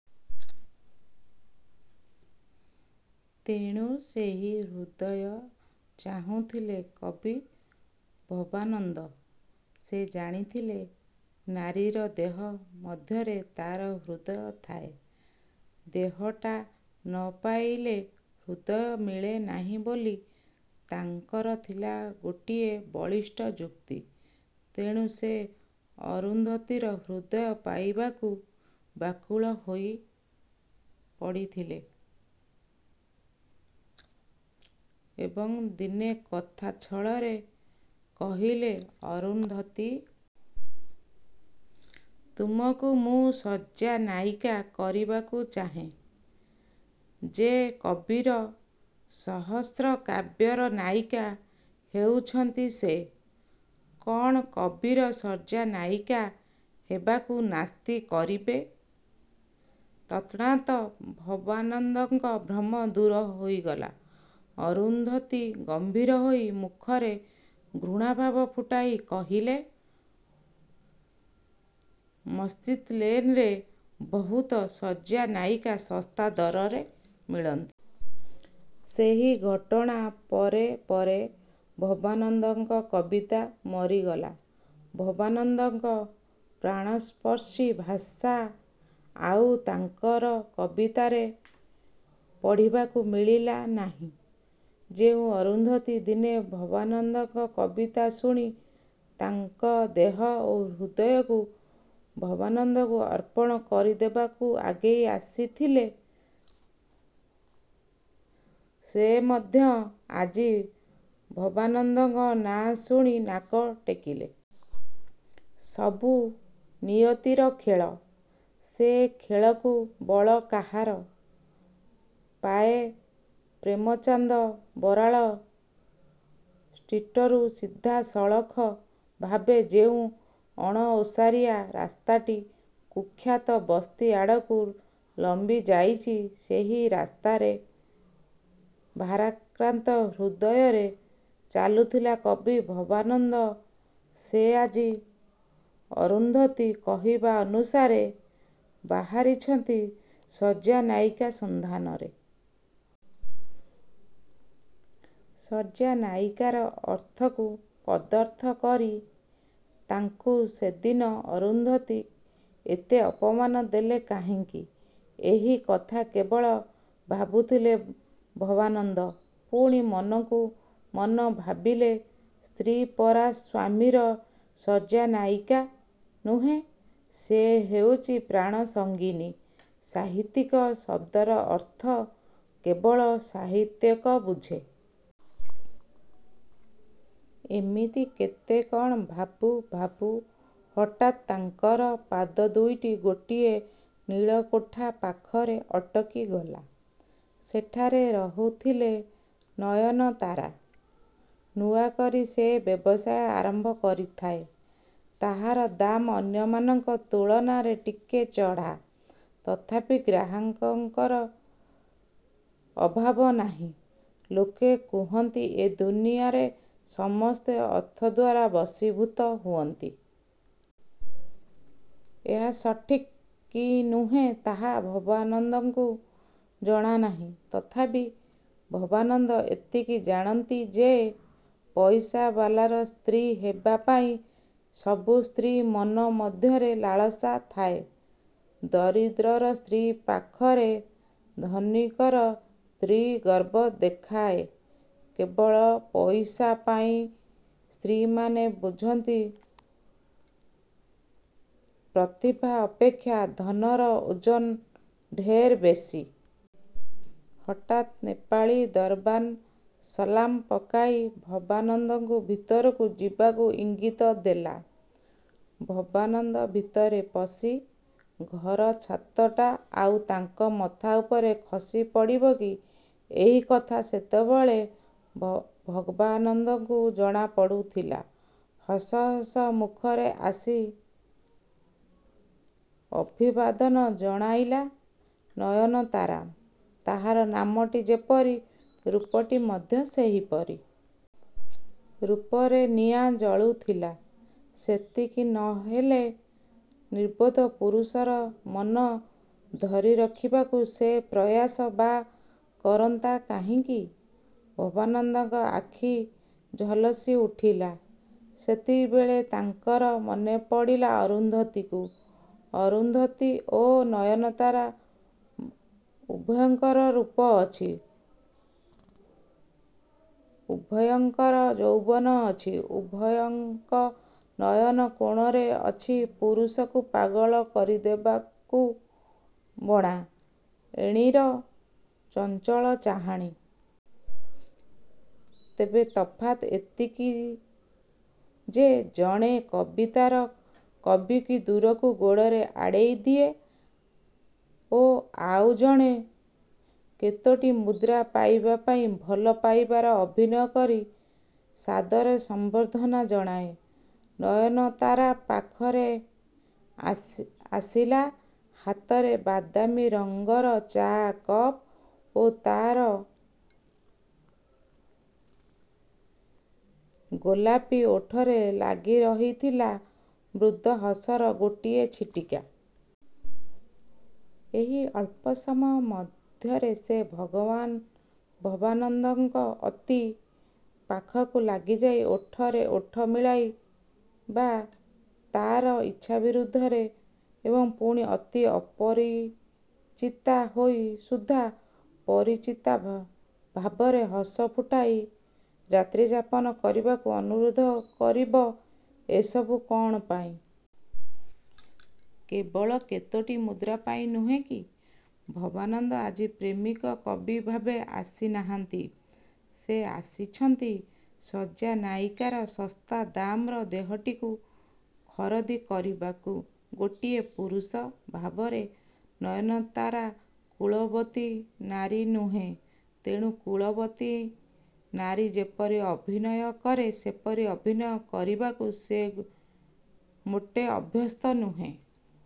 ତେଣୁ ସେହି ହୃଦୟ ଚାହୁଁଥିଲେ କବି ଭବାନନ୍ଦ। ସେ ଜାଣିଥିଲେ ନାରୀର ଦେହ ମଧ୍ୟରେ ତା'ର ହୃଦୟ ଥାଏ। ଦେହଟା ନ ପାଇଲେ ହୃଦୟ ମିଳେନାହିଁ ବୋଲି ତାଙ୍କର ଥିଲା ଗୋଟିଏ ବଳିଷ୍ଠ ଯୁକ୍ତି। ତେଣୁ ସେ ଅରୁନ୍ଧୁତୀର ହୃଦୟ ପାଇବାକୁ ବ୍ୟାକୁଳ ହୋଇପଡ଼ିଥିଲେ ଏବଂ ଦିନେ କଥା ଛଳରେ କହିଲେ, ''ଅରୁନ୍ଧୁତୀ! ତୁମକୁ ମୁଁ ଶଯ୍ୟାନାୟିକା କରିବାକୁ ଚାହେଁ। ଯେ କବିର ସହସ୍ର କାବ୍ୟର ନାୟିକା ହୋଇଛି ସେ କ'ଣ କବିର ଶଯ୍ୟାନାୟିକା ହେବାକୁ ନାସ୍ତି କରିବ? '' ତତ୍କ୍ଷଣାତ ଭବାନନ୍ଦଙ୍କ ଭ୍ରମ ଦୂର ହୋଇଗଲା। ଅରୁନ୍ଧୁତୀ ଗମ୍ଭୀର ହୋଇ ମୁଖରେ ଘୃଣାଭାବ ଫୁଟାଇ କହିଲେ, ''ମସ୍ଜିଦ୍ ଲେନରେ ବହୁତ ଶଯ୍ୟାନାୟିକା ଶସ୍ତା ଦରରେ ମିଳନ୍ତି। '' ସେହି ଘଟଣା ପରେ ପରେ ଭବାନନ୍ଦଙ୍କ କବିତା ମରିଗଲା। ଭବାନନ୍ଦଙ୍କ ପ୍ରାଣସ୍ପର୍ଶୀ ଭାଷା ଆଉ ତାଙ୍କର କବିତାରେ ପଢ଼ିବାକୁ ମିଳିଲା ନାହିଁ। ଯେଉଁ ଅରୁନ୍ଧୁତୀ ଦିନେ ଭବାନନ୍ଦଙ୍କ କବିତା ଶୁଣି ତାଙ୍କର ଦେହ ଓ ହୃଦୟକୁ ଭବାନନ୍ଦକୁ ଅର୍ପଣ କରିଦେବାକୁ ଆଗେଇ ଆସିଥିଲେ ସେ ମଧ୍ୟ ଆଜି ଭବାନନ୍ଦଙ୍କ ନାଁ ଶୁଣି ନାକ ଟେକିଲେ। ସବୁ ନିୟତିର ଖେଳ। ସେ ଖେଳକୁ ବଳ କାହାର ପାଏ। ପ୍ରେମଚାନ୍ଦ ବରାଳ ଷ୍ଟ୍ରୀଟରୁ ସିଧାସଳଖ ଭାବେ ଯେଉଁ ଅଣଓସାରିଆ ରାସ୍ତାଟି କୁଖ୍ୟାତ ବସ୍ତି ଆଡ଼କୁ ଲମ୍ବିଯାଇଛି ସେହି ରାସ୍ତାରେ ଭାରାକ୍ରାନ୍ତ ହୃଦୟରେ ଚାଲୁଥିଲେ କବି ଭବାନନ୍ଦ। ସେ ଆଜି ଅରୁନ୍ଧୁତୀର କହିବା ଅନୁସାରେ ବାହାରିଛନ୍ତି ଶଯ୍ୟାନାୟିକା ସନ୍ଧାନରେ। ଶଯ୍ୟାନାୟିକାର ଅର୍ଥକୁ କଦର୍ଥ କରି ତାଙ୍କୁ ସେଦିନ ଅରୁନ୍ଧୁତୀ ଏତେ ଅପମାନ ଦେଲେ କାହିଁକି, ଏହି କଥା କେବଳ ଭାବୁଥିଲେ ଭବାନନ୍ଦ। ପୁଣି ମନକୁ ମନ ଭାବିଲେ ସ୍ତ୍ରୀ ପରା ସ୍ୱାମୀର ଶଯ୍ୟାନାୟିକା ନୁହେଁ। ସେ ହେଉଛି ପ୍ରାଣସଙ୍ଗିନୀ। ସାହିତ୍ୟିକ ଶବ୍ଦର ଅର୍ଥ କେବଳ ସାହିତ୍ୟିକ ବୁଝେ। ଏମିତି କେତେ କ'ଣ ଭାବୁ ଭାବୁ ହଠାତ୍ ତାଙ୍କର ପାଦ ଦୁଇଟି ଗୋଟିଏ ନୀଳକୋଠା ପାଖରେ ଅଟକିଗଲା। ସେଠାରେ ରହୁଥିଲା ନୟନତାରା। ନୂଆକରି ସେ ବ୍ୟବସାୟ ଆରମ୍ଭ କରିଥାଏ। ତାହାର ଦାମ ଅନ୍ୟମାନଙ୍କ ତୁଳନାରେ ଟିକିଏ ଚଢ଼ା। ତଥାପି ଗ୍ରାହକର ଅଭାବ ନାହିଁ। ଲୋକେ କହନ୍ତି ଏ ଦୁନିଆରେ ସମସ୍ତେ ଅର୍ଥଦ୍ୱାରା ବଶୀଭୂତ ହୁଅନ୍ତି। ଏହା ସଠିକ୍ କି ନୁହେଁ ତାହା ଭବାନନ୍ଦଙ୍କୁ ଜଣାନାହିଁ। ତଥାପି ଭବାନନ୍ଦ ଏତିକି ଜାଣନ୍ତି ଯେ ପଇସାବାଲାର ସ୍ତ୍ରୀ ହେବାପାଇଁ ସବୁ ସ୍ତ୍ରୀର ମନ ମଧ୍ୟରେ ଲାଲସା ଥାଏ। ଦରିଦ୍ରର ସ୍ତ୍ରୀ ପାଖରେ ଧନୀକର ସ୍ତ୍ରୀ ଗର୍ବ ଦେଖାଏ କେବଳ ପଇସା ପାଇଁ। ସ୍ତ୍ରୀମାନେ ବୁଝନ୍ତି ପ୍ରତିଭା ଅପେକ୍ଷା ଧନର ଓଜନ ଢେର ବେଶି-। ହଠାତ୍ ନେପାଳୀ ଦରବାନ୍ ସଲାମ ପକାଇ ଭବାନନ୍ଦଙ୍କୁ ଭିତରକୁ ଯିବାକୁ ଇଙ୍ଗିତ ଦେଲା। ଭବାନନ୍ଦ ଭିତରେ ପଶିଲେ। ଘରର ଛାତଟା ଆଉ ତାଙ୍କ ମଥା ଉପରେ ଖସିପଡ଼ିବକି ଏହି କଥା ସେତେବେଳେ ଭବାନନ୍ଦଙ୍କୁ ଜଣାପଡ଼ୁଥିଲା। ହସ ହସ ମୁଖରେ ଆସି ଅଭିବାଦନ। ଜଣାଇଲା ନୟନତାରା। ତାହାର ନାମଟା ଯେପରି, ରୂପଟା ମଧ୍ୟ ସେହିପରି। ରୂପରେ ନିଆଁ ଜଳୁଥିଲା। ସେତିକି ନ ହେଲେ ନିର୍ବୋଧ ପୁରୁଷର ମନ ଧରିରଖିବାକୁ ସେ ପ୍ରୟାସ ବା କରନ୍ତା କାହିଁକି? ଭବାନନ୍ଦଙ୍କ ଆଖି ଝଲସିଉଠିଲା। ସେତିକିବେଳେ ତାଙ୍କର ମନେପଡ଼ିଲା ଅରୁନ୍ଧୁତୀକୁ। ଅରୁନ୍ଧୁତୀ ଓ ନୟନତାରା ଉଭୟଙ୍କର ରୂପ ଅଛି। ଉଭୟଙ୍କର ଯୌବନ ଅଛି। ଉଭୟଙ୍କ ନୟନ କୋଣରେ ଅଛି ପୁରୁଷକୁ ପାଗଳ କରିଦେବାକୁ ବଣା ଏଣୀର ଚଞ୍ଚଳ ଚାହାଣି। ତେବେ ତଫାତ୍ ଏତିକି ଯେ ଜଣେ କବିତାର କବିକୁ ଦୂରକୁ ଗୋଡ଼ରେ ଆଡ଼େଇ ଦିଏ ଓ ଆଉ ଜଣେ କେତୋଟି ମୁଦ୍ରା ପାଇବା ପାଇଁ ଭଲ ପାଇବାର ଅଭିନୟ କରି ସାଦର ସମ୍ବର୍ଦ୍ଧନା ଜଣାଏ। ନୟନତାରା ପାଖେଇ ଆସିଲା। ହାତରେ ବାଦାମୀରଙ୍ଗର ଚା' କପ୍ ଓ ତା'ର ଗୋଲାପି ଓଠରେ ଲାଗିରହିଥିଲା ମୃଦୁ ହସର ଗୋଟିଏ ଛିଟିକା। ଏହି ଅଳ୍ପ ସମୟ ମଧ୍ୟରେ ସେ ଭବାନନ୍ଦଙ୍କ ଅତି ପାଖକୁ ଲାଗିଯାଇ ଓଠରେ ଓଠ ମିଳାଇବ ତା'ର ଇଚ୍ଛା ବିରୁଦ୍ଧରେ ଏବଂ ପୁଣି ଅତି ଅପରିଚିତା ହୋଇ ସୁଦ୍ଧା ପରିଚିତା ଭାବରେ ହସ ଫୁଟାଇ ରାତ୍ରିଯାପନ କରିବାକୁ ଅନୁରୋଧ କରିବ। ଏ ସବୁ କ'ଣ ପାଇଁ? କେବଳ କେତୋଟି ମୁଦ୍ରା ପାଇଁ ନୁହେଁ କି? ଭବାନନ୍ଦ ଆଜି ପ୍ରେମିକ କବି ଭାବେ ଆସିନାହାନ୍ତି। ସେ ଆସିଛନ୍ତି, ଶଯ୍ୟାନାୟିକାର ଶସ୍ତା ଦାମର ଦେହଟାକୁ ଖରିଦ କରିବାକୁ ଗୋଟିଏ ପୁରୁଷ ଭାବରେ। ନୟନତାରା କୁଳବତୀ ନାରୀ ନୁହେଁ। ତେଣୁ କୁଳବତୀ ନାରୀ ଯେପରି ଅଭିନୟ କରେ ସେପରି ଅଭିନୟ କରିବାକୁ ସେ ମୋଟେ ଅଭ୍ୟସ୍ତ ନୁହେଁ।